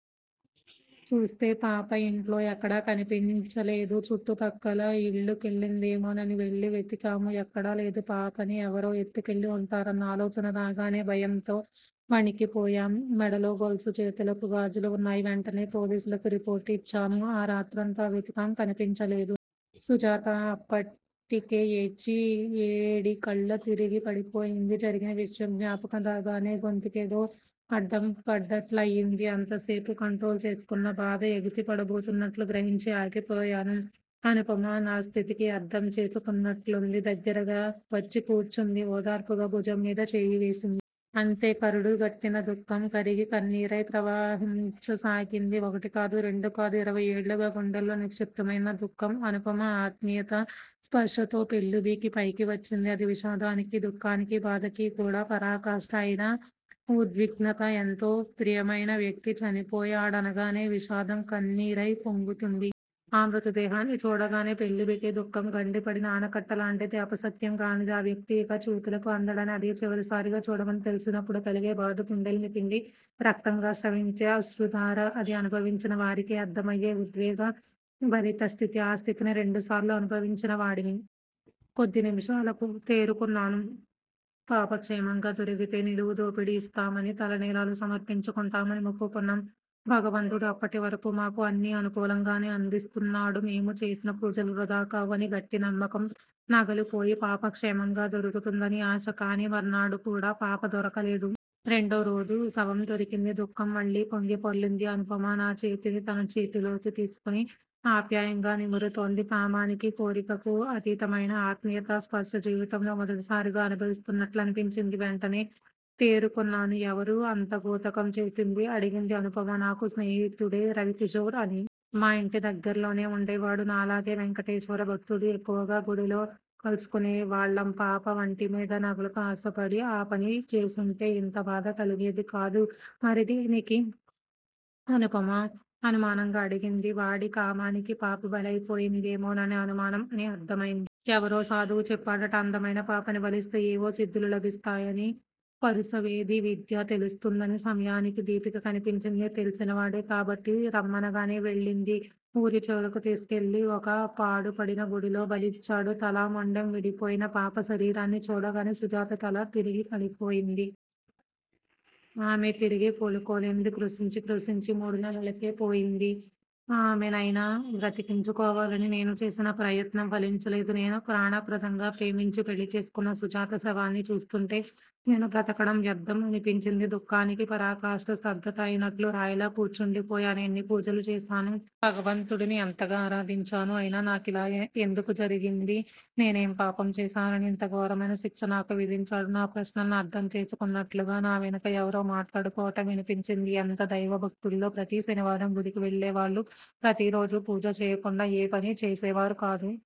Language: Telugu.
చూస్తే పాప ఇంట్లో ఎక్కడా కనిపించలేదు. చుట్టు పక్కల ఇళ్ళకెళ్ళిందేమోనని వెళ్ళి వెతికాం. ఎక్కడా లేదు. పాపని ఎవరో ఎత్తుకెళ్ళి వుంటారన్న ఆలోచన రాగానే భయంతో వణికిపోయాం. మెడలో గొలుసు, చేతులకు గాజులు వున్నాయి. వెంటనే పోలీసు రిపోర్టు యిచ్చాను. ఆ రాత్రంతా వెతికాం కనిపించలేదు. సుజాత అప్పటికే ఏడ్చి ఏడికల్ల తిరిగి పడిపోయింది. జరిగిన విషయం జ్ఞాపకం రాగానే గొంతుకేదో అడ్డం పడ్డట్లయింది. అంతసేపు కంట్రోలు చేసుకున్న బాధ ఎగిసి పడబోతున్నట్లు గ్రహించి ఆగిపోయాను. అనుపమ నా స్థితికి అర్ధం చేసుకున్నట్లుంది. దగ్గరగా వచ్చి కూర్చుంది- ఓదార్పుగా భుజంమీద చెయ్యి వేసింది. అంతే కరుడు గట్టిన దుఃఖం కరిగి కన్నీరై ప్రవహించసాగింది. ఒకటి కాదు, రెండు కాదు- ఇరవై ఏళ్ళుగా గుండెల్లో నిక్షిప్తమైన దుఃఖం. అనుపమ ఆత్మీయతా స్పర్శతో పెల్లుబికి పైకి వచ్చింది. అది విషాదానికి, దుఃఖానికి, బాధకీ కూడా పరాకాష్ట. అయినా ఉద్విగ్నత. ఎంతో ప్రియమయిన వ్యక్తి చనిపోయాడనగానే విషాదం కన్నీరై పొంగుతుంది. ఆ మృతదేహాన్ని చూడగానే పెల్లుబికే దుఃఖం గండి పడిన ఆనకట్టలాంటిది. ఆపశక్యం కానిది. ఆ వ్యక్తి ఇక చూపులకి అందడని అదే చివరిసారిగా చూడమని తెలిసినప్పుడు కలిగే బాధ గుండెల్ని పిండి రక్తంగా స్రవించే అశ్రుధార. అది అనుభవించిన వారికే అర్ధమయ్యే ఉద్వేగ భరితస్థితి. ఆ స్థితిని రెండుసార్లు అనుభవించిన వాడిని. కొద్ది నిమిషాలకు తేరుకున్నాను. పాప క్షేమంగా దొరికితే నిలువుదోపిడి యిస్తామని, తలనీలాలు సమర్పించుకుంటామని మొక్కుకున్నాం. భగవంతుడు అప్పటివరకూ మాకు అన్నీ అనుకూలంగానే అందిస్తున్నాడు. మేము చేసిన పూజలు వృధా కావు అని గట్టినమ్మకం. నగలు పోయి పాప క్షేమంగా దొరుకుతుందని ఆశ. కాని మర్నాడు కూడా పాప దొరకలేదు. రెండోరోజు శవందొరికింది- దుఃఖం మళ్ళీ పొంగి పొర్లింది. అనుపమ నా చేతిని తన చేతిలోకి తీసుకుని. ఆప్యాయంగా నిమురుతోంది. కామానికి, కోరికకు అతీతమైన ఆత్మీయతా స్పర్శ జీవితంలో మొదటిసారిగా అనుభవిస్తున్నట్లనిపించింది. వెంటనే తేరుకున్నాను. ఎవరు అంత ఘాతుకం చేసింది? అడిగింది అనుపమ. నాకు స్నేహితుడే రవికిశోర్ అని. మా ఇంటి దగ్గర్లోనే వుండేవాడు. నాలాగే వేంకటేశ్వర భక్తుడు. ఎక్కువగా గుడిలో కలుసుకునే వాళ్ళం. పాప వంటిమీద నగలకు ఆశపడి ఆ పని చేసుంటే ఇంత బాధ కలిగేది కాదు. మరి దేనికి? అనుపమ అనుమానంగా అడిగింది. వాడి కామానికి పాప బలయిపోయిందేమోనని అనుమానం అని అర్ధమైంది. ఎవరో సాధువు చెప్పాడట. అందమైన పాపని బలిస్తే ఏవో సిద్దులు లభిస్తాయని, పరుసవేది విద్య తెలుస్తుందనీ. సమయానికి దీపిక కనిపించింది. తెలిసినవాడే కాబట్టి రమ్మనగానే వెళ్ళింది. ఊరి చివరకు తీసుకెళ్ళి ఒక పాడుపడిన గుడిలో బలిచ్చాడు. తల, మొండెం విడిపోయిన పాప శరీరాన్ని చూడగానే సుజాత తల తిరిగి పడిపోయింది. ఆమె తిరిగి కోలుకోనేలేదు. కృశించి, కృశించి మూడు నెలలకే పోయింది. ఆమెనైనా బ్రతికించుకోవాలని నేను చేసిన ప్రయత్నం ఫలించలేదు. నేను ప్రాణప్రదంగా ప్రేమించి పెళ్ళి చేసుకున్న సుజాత శవాన్ని చూస్తుంటే నేను బ్రతకడం వ్యర్ధం అనిపించింది. దుఃఖానికి పరాకాష్ట స్తబ్దత అయినట్లు రాయిలా కూర్చుండిపోయాను. ఎన్ని పూజలు చేశాను? భగవంతుడిని ఎంతగా ఆరాధించాను. అయినా నాకిలా ఎందుకు జరిగింది? నేనేం పాపం చేశానని ఇంత ఘోరమైన శిక్ష నాకు విధించాడు? నా ప్రశ్నలను అర్ధం చేసుకున్నట్లుగా నా వెనుక ఎవరో మాట్లాడుకోవటం వినిపించింది. ఎంత దైవభక్తులో! ప్రతి శనివారం గుడికి వెళ్ళేవాళ్ళు. ప్రతిరోజూ పూజ చెయ్యకుండా ఏ పనీ చేసేవారుకాదు.